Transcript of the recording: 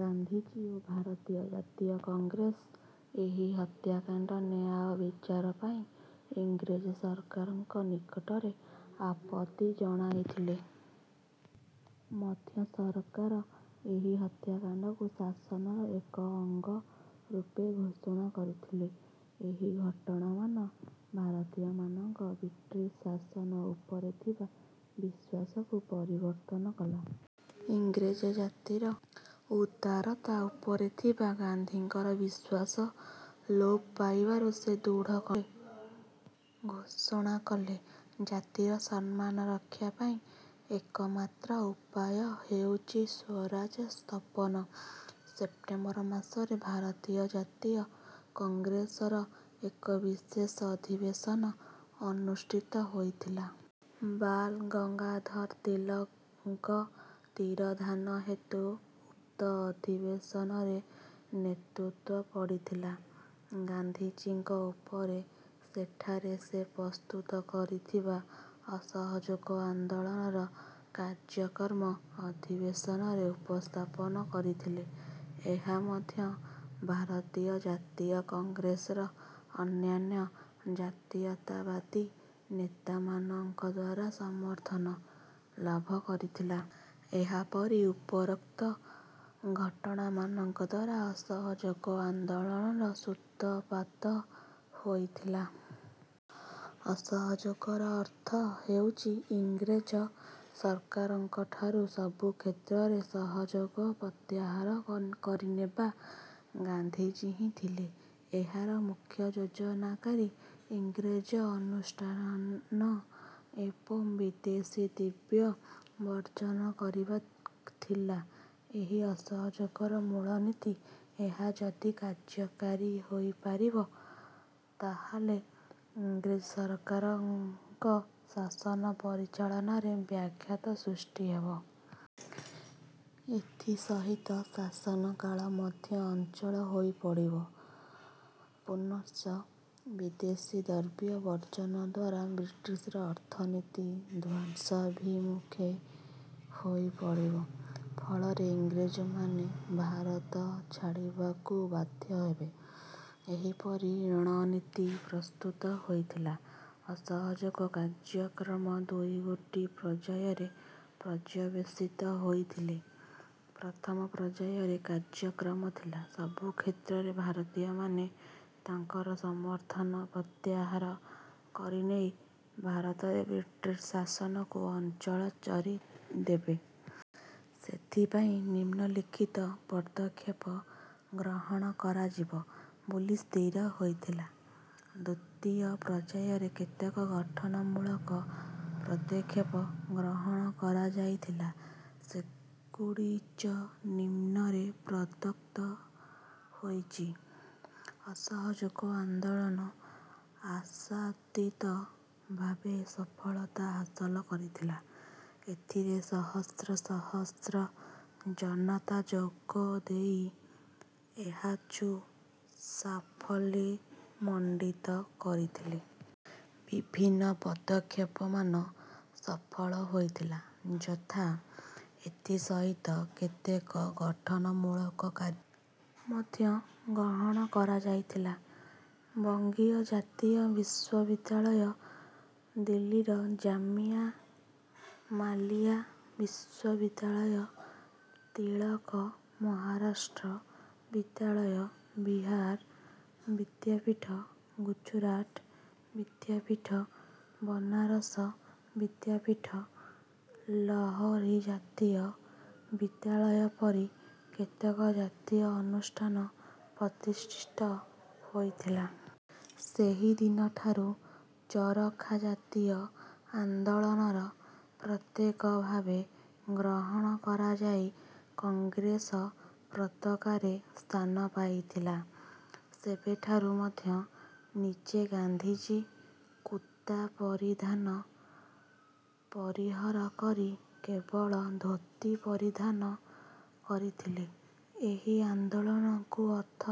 ଗାନ୍ଧିଜୀ ଓ ଭାରତୀୟ ଜାତୀୟ କଂଗ୍ରେସ ଏହି ହତ୍ୟାକାଣ୍ଡର ନ୍ୟାୟ ବିଚାର ପାଇଁ ଇଂରେଜ ସରକାରଙ୍କ ନିକଟରେ ଆପତ୍ତି ଜଣାଇଥିଲେ ମଧ୍ୟ ସରକାର ଏହି ହତ୍ୟାକାଣ୍ଡକୁ ଶାସନର ଏକ ଅଙ୍ଗ ରୂପେ ଘୋଷଣା କରିଥିଲେ। ଏହି ଘଟଣାମାନ ଭାରତୀୟମାନଙ୍କର ବ୍ରିଟିଶ ଶାସନ ଉପରେ ଥିବା ବିଶ୍ୱାସକୁ ପରିବର୍ତ୍ତନ କଲା। ଇଂରେଜ ଜାତିର ଉଦାରତା ଉପରେ ଥିବା ଗାନ୍ଧିଙ୍କର ବିଶ୍ୱାସ ଲୋପ ପାଇବାରୁ ସେ ଦୃଢ କଣ୍ଠରେ ଘୋଷଣା କଲେ, "ଜାତିର ସମ୍ନାନ ରକ୍ଷା ପାଇଁ ଏକମାତ୍ର ଉପାୟ ହେଉଛି ସ୍ୱରାଜ ସ୍ଥପନ। ସେପ୍ଟେମ୍ବର ମାସରେ ଭାରତୀୟ ଜାତୀୟ କଂଗ୍ରେସର ଏକ ବିଶେଷ ଅଧିବେଶନ ଅନୁଷ୍ଠିତ ହୋଇଥିଲା। ବାଲ୍ ଗଙ୍ଗାଧର ତିଳକଙ୍କ ତିରୋଧାନ ହେତୁ ଉକ୍ତ ଅଧିବେଶନରେ ନେତୃତ୍ୱ ପଡିଥିଲା ଗାନ୍ଧିଜୀଙ୍କ ଉପରେ। ସେଠାରେ ସେ ପ୍ରସ୍ତୁତ କରିଥିବା ଅସହଯୋଗ ଆନ୍ଦୋଳନର କାର୍ଯ୍ୟକ୍ରମ ଅଧିବେଶନରେ ଉପସ୍ଥାପନ କରିଥିଲେ। ଏହା ମଧ୍ୟ ଭାରତୀୟ ଜାତୀୟ କଂଗ୍ରେସର ଅନ୍ୟାନ୍ୟ ଜାତୀୟତାବାଦୀ ନେତାମାନଙ୍କଦ୍ୱାରା ସମର୍ଥନ ଲାଭ କରିଥିଲା। ଏହିପରି ଉପରୋକ୍ତ ଘଟଣାମାନଙ୍କଦ୍ୱାରା ଅସହଯୋଗ ଆନ୍ଦୋଳନର ସୂତ୍ରପାତ ହୋଇଥିଲା। ଅସହଯୋଗର ଅର୍ଥ ହେଉଛି ଇଂରେଜ ସରକାରଙ୍କଠାରୁ ସବୁ କ୍ଷେତ୍ରରେ ସହଯୋଗ ପ୍ରତ୍ୟାହାର କରିନେବା। ଗାନ୍ଧିଜୀ ହିଁ ଥିଲେ ଏହାର ମୁଖ୍ୟ ଯୋଜନାକାରୀ। ଇଂରେଜ ଅନୁଷ୍ଠାନ ଏବଂ ବିଦେଶୀ ଦ୍ରବ୍ୟ ବର୍ଜନ କରିବା ଥିଲା ଏହି ଅସହଯୋଗର ମୂଳନୀତି। ଏହା ଯଦି କାର୍ଯ୍ୟକାରୀ ହୋଇପାରି୍ବ ତାହାଲେ ଇଂରେଜ ସରକାରଙ୍କ ଶାସନ ପରିଚାଳନାରେ ବ୍ୟାଘାତ ସୃଷ୍ଟି ହେବ। ଏଥିସହିତ ଶାସନକାଳ ମଧ୍ୟ ଅଚଳ ହୋଇପଡିବ। ପୁନଶ୍ଚ ବିଦେଶୀ ଦ୍ରବ୍ୟ ବର୍ଜନଦ୍ୱାରା ବ୍ରିଟିଶର ଅର୍ଥନୀତି ଧ୍ୱଂସାଭିମୁଖୀ ହୋଇପଡିବ। ଫଳରେ ଇଂରେଜମାନେ ଭାରତ ଛାଡିବାକୁ ବାଧ୍ୟ ହେବେ। ଏହିପରି ରଣନୀତି ପ୍ରସ୍ତୁତ ହୋଇଥିଲା। ଅସହଯୋଗ କାର୍ଯ୍ୟକ୍ରମ ଦୁଇଗୋଟି ପର୍ଯ୍ୟାୟରେ ପର୍ଯ୍ୟବେଶିତ ହୋଇଥିଲେ। ପ୍ରଥମ ପର୍ଯ୍ୟାୟରେ କାର୍ଯ୍ୟକ୍ରମ ଥିଲା ସବୁକ୍ଷେତ୍ରରେ ଭାରତୀୟମାନେ ତାଙ୍କର ସମର୍ଥନ ପତ୍ୟାହାର କରିନେଇ ଭାରତରେ ବ୍ରିଟିଶ ଶାସନକୁ ଅଚଳ ଚରିଦେବେ। ସେଥିପାଇଁ ନିମ୍ନଲିଖିତ ପଦକ୍ଷେପ ଗ୍ରହଣ କରାଯିବ ବୋଲି ସ୍ଥିର ହୋଇଥିଲା। ଦ୍ୱିତୀୟ ପର୍ଯ୍ୟାୟରେ କେତେକ ଗଠନମୂଳକ ପଦକ୍ଷେପ ଗ୍ରହଣ କରାଯାଇଥିଲା। ସେଗୁଡିଚ ନିମ୍ନରେ ପ୍ରଦତ୍ତ ହୋଇଛି- ଅସହଯୋଗ ଆନ୍ଦୋଳନ ଆଶାତୀତ ଭାବେ ସଫଳତା ହାସଲ କରିଥିଲା। ଏଥିରେ ସହସ୍ର ସହସ୍ର ଜନତା ଯୋଗଦେଇ ଏହାଚୁ ସାଫଲ୍ୟମଣ୍ଡିତ କରିଥିଲେ। ବିଭିନ୍ନ ପଦକ୍ଷେପମାନ ସଫଳ ହୋଇଥିଲା, ଯଥା; ଏଥି ସହିତ କେତେକ ଗଠନମୂଳକ କାର୍ଯ୍ୟ ମଧ୍ୟ ଗ୍ରହଣ କରାଯାଇଥିଲା। ବଙ୍ଗୀୟ ଜାତୀୟ ବିଶ୍ୱବିଦ୍ୟାଳୟ, ଦିଲ୍ଲୀର ଜାମିଆ ମିଲିଆ ବିଶ୍ୱବିଦ୍ୟାଳୟ, ତିଳକ ମହାରାଷ୍ଟ୍ର ବିଦ୍ୟାଳୟ, ବିହାର ବିଦ୍ୟାପୀଠ, ଗୁଜରାଟ ବିଦ୍ୟାପୀଠ, ବନାରସ ବିଦ୍ୟାପୀଠ, ଲାହୋର ଜାତୀୟ ବିଦ୍ୟାଳୟ ପରି କେତେକ ଜାତୀୟ ଅନୁଷ୍ଠାନ ପ୍ରତିଷ୍ଠିତ ହୋଇଥିଲା। ସେହି ଦିନଠାରୁ ଚରଖା ଜାତୀୟ ଆନ୍ଦୋଳନର ପ୍ରତୀକ ଭାବେ ଗ୍ରହଣ କରାଯାଇ କଂଗ୍ରେସ ପତାକାରେ ସ୍ଥାନ ପାଇଥିଲା। ସେବେଠାରୁ ମଧ୍ୟ ନିଜେ ଗାନ୍ଧିଜୀ କୁର୍ତ୍ତା ପରିଧାନ ପରିହର କରି କେବଳ ଧୋତି ପରିଧାନ କରିଥିଲେ। ଏହି ଆନ୍ଦୋଳନକୁ ଅର୍ଥ